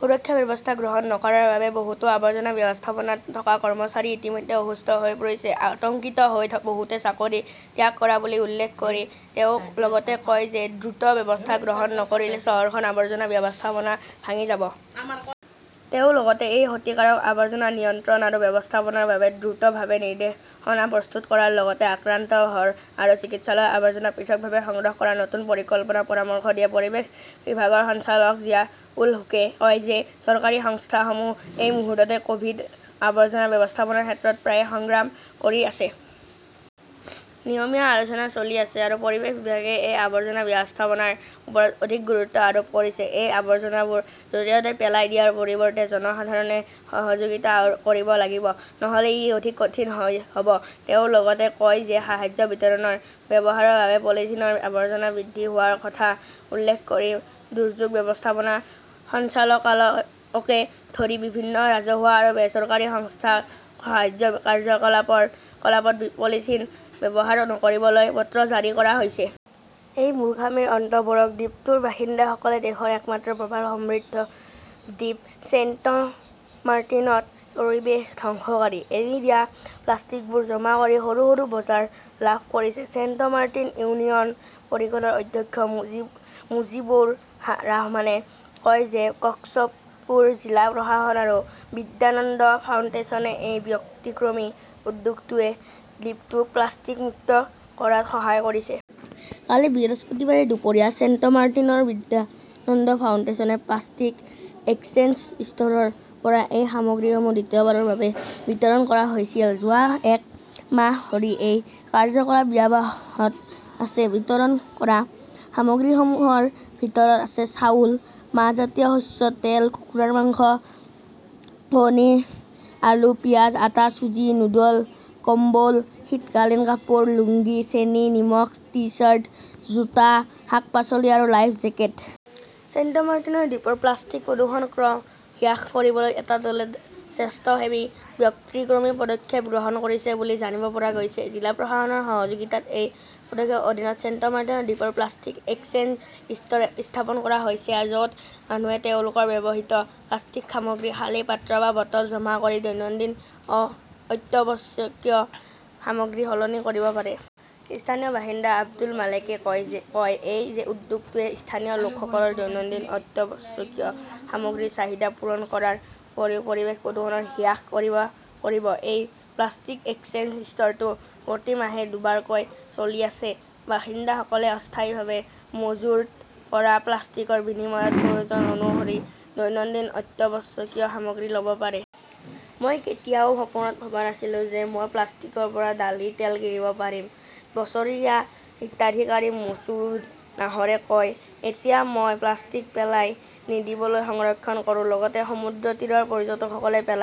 সুৰক্ষা ব্যৱস্থা গ্ৰহণ নকৰাৰ বাবে বহুতো আৱৰ্জনা ব্যৱস্থাপনাত থকা কৰ্মচাৰী ইতিমধ্যে অসুস্থ হৈ পৰিছে। আতংকিত হৈ বহুতে চাকৰি ত্যাগ কৰা বুলি উল্লেখ কৰি তেওঁ লগতে কয় যে দ্ৰুত ব্যৱস্থা গ্ৰহণ নকৰিলে চহৰখনৰ আৱৰ্জনা ব্যৱস্থাপনা ভাঙি যাব। তেওঁ লগতে এই ক্ষতিকাৰক আৱৰ্জনা নিয়ন্ত্ৰণ আৰু ব্যৱস্থাপনাৰ বাবে দ্ৰুতভাৱে নিৰ্দেশনা প্ৰস্তুত কৰাৰ লগতে আক্ৰান্ত ঘৰ আৰু চিকিৎসালয়ৰ আৱৰ্জনা পৃথকভাৱে সংগ্ৰহ কৰাৰ নতুন পৰিকল্পনাৰ পৰামৰ্শ দিয়ে। পৰিৱেশ বিভাগৰ সঞ্চালক জিয়াউল হুকে কয় যে চৰকাৰী সংস্থাসমূহে এই মুহূৰ্তত ক'ভিড আৱৰ্জনা ব্যৱস্থাপনাৰ ক্ষেত্ৰত প্ৰায়ে সংগ্ৰাম কৰি আছে। নিয়মীয়া আলোচনা চলি আছে আৰু পৰিৱেশ বিভাগে এই আৱৰ্জনা ব্যৱস্থাপনাৰ ওপৰত অধিক গুৰুত্ব আৰোপ কৰিছে। এই আৱৰ্জনাবোৰ য'তে ত'তে পেলাই দিয়াৰ পৰিৱৰ্তে জনসাধাৰণে সহযোগিতা কৰিব লাগিব। নহ'লে ই অধিক কঠিন হ'ব। তেওঁ লগতে কয় যে সাহায্য বিতৰণত ব্যৱহাৰৰ বাবে পলিথিনৰ আৱৰ্জনা বৃদ্ধি হোৱাৰ কথা উল্লেখ কৰি দুৰ্যোগ ব্যৱস্থাপনা সঞ্চালকালয়কে ধৰি বিভিন্ন ৰাজহুৱা আৰু বেচৰকাৰী সংস্থাক সাহায্য কাৰ্যকলাপত পলিথিন ব্যৱহাৰ নকৰিবলৈ পত্ৰ জাৰি কৰা হৈছে। এই মূৰ্খামিৰ অন্ত পৰক। দ্বীপটোৰ বাসিন্দাসকলে দেশৰ একমাত্ৰ প্ৰবাল সমৃদ্ধ দ্বীপ ছেইণ্টমাৰ্টিনত পৰিৱেশ ধ্বংসকাৰী। এৰি দিয়া প্লাষ্টিকবোৰ জমা কৰি সৰু সৰু বজাৰ লাভ কৰিছে। ছেইণ্টমাৰ্টিন ইউনিয়ন পৰিষদৰ অধ্যক্ষ মুজিবুৰ ৰহমানে কয় যে কক্সপুৰ জিলা প্ৰশাসন আৰু বিদ্যানন্দ ফাউণ্ডেশ্যনৰ এই ব্যতিক্ৰমী উদ্যোগটোৱে দ্বীপটোক প্লাষ্টিক মুক্ত কৰাত সহায় কৰিছে। কালি বৃহস্পতিবাৰে দুপৰীয়া ছেইণ্টমাৰ্টিনৰ বিদ্যানন্দ ফাউণ্ডেশ্যনৰ "প্লাষ্টিক এক্সচেঞ্জ" ষ্ট'ৰৰ পৰা এই সামগ্ৰীসমূহ দ্বিতীয়বাৰৰ বাবে বিতৰণ কৰা হৈছিল। যোৱা এক মাহ ধৰি এই কাৰ্যকলাপ অব্যাহত আছে। বিতৰণ কৰা সামগ্ৰীসমূহৰ ভিতৰত আছে-চাউল, মাহজাতীয় শস্য, তেল, কুকুৰাৰ মাংস, কণী, আলু, পিয়াজ, আটা, চুজি, নুডল, কম্বল, শীতকালীন কাপোৰ, লুঙ্গি, চেনি, নিমখ, টি-চাৰ্ট, জোতা, শাক-পাচলি আৰু লাইফ জেকেট। ছেইণ্টমাৰ্টিন দ্বীপৰ প্লাষ্টিক প্ৰদূষণ হ্ৰাস কৰিবলৈ এটা দলে স্বেচ্ছাসেৱী ব্যতিক্ৰমী পদক্ষেপ গ্ৰহণ কৰিছে বুলি জানিব পৰা গৈছে। জিলা প্ৰশাসনৰ সহযোগিতাত এই পদক্ষেপৰ অধীনত ছেইণ্টমাৰ্টিন দ্বীপত প্লাষ্টিক এক্সচেঞ্জ ষ্ট'ৰ স্থাপন কৰা হৈছে, য'ত মানুহে তেওঁলোকৰ ব্যৱহৃত প্লাষ্টিক সামগ্ৰীৰ খালী পাত্ৰ বা বটল জমা কৰি দৈনন্দিন অত্যাৱশ্যকীয় সামগ্ৰী সলনি কৰিব পাৰে। স্থানীয় বাসিন্দা আব্দুল মালেকে কয়, "এই উদ্যোগটোৱে স্থানীয় লোকসকলৰ দৈনন্দিন অত্যাৱশ্যকীয় সামগ্ৰীৰ চাহিদা পূৰণ কৰাৰ উপৰিও পৰিৱেশৰ প্ৰদূষণ হ্ৰাস কৰিব"। এই প্লাষ্টিক এক্সচেঞ্জ ষ্ট'ৰটো প্ৰতি মাহে দুবাৰকৈ চলি আছে। বাসিন্দাসকলে অস্থায়ীভাৱে মজুত কৰা প্লাষ্টিকৰ বিনিময়ত প্ৰয়োজন অনুসৰি দৈনন্দিন অত্যাৱশ্যকীয় সামগ্ৰী ল'ব পাৰে। "মই কেতিয়াও সপোনত ভবা নাছিলো যে মই প্লাষ্টিকৰ পৰা ডালি তেল কিনিব পাৰিম", বছৰীয়া হিতাধিকাৰী মুছুউন নাহৰে কয়। এতিয়া মই প্লাষ্টিক পেলাই নিদিবলৈ সংৰক্ষণ কৰোঁ। লগতে সমুদ্ৰতীৰত পৰ্যটকসকলে পেলাই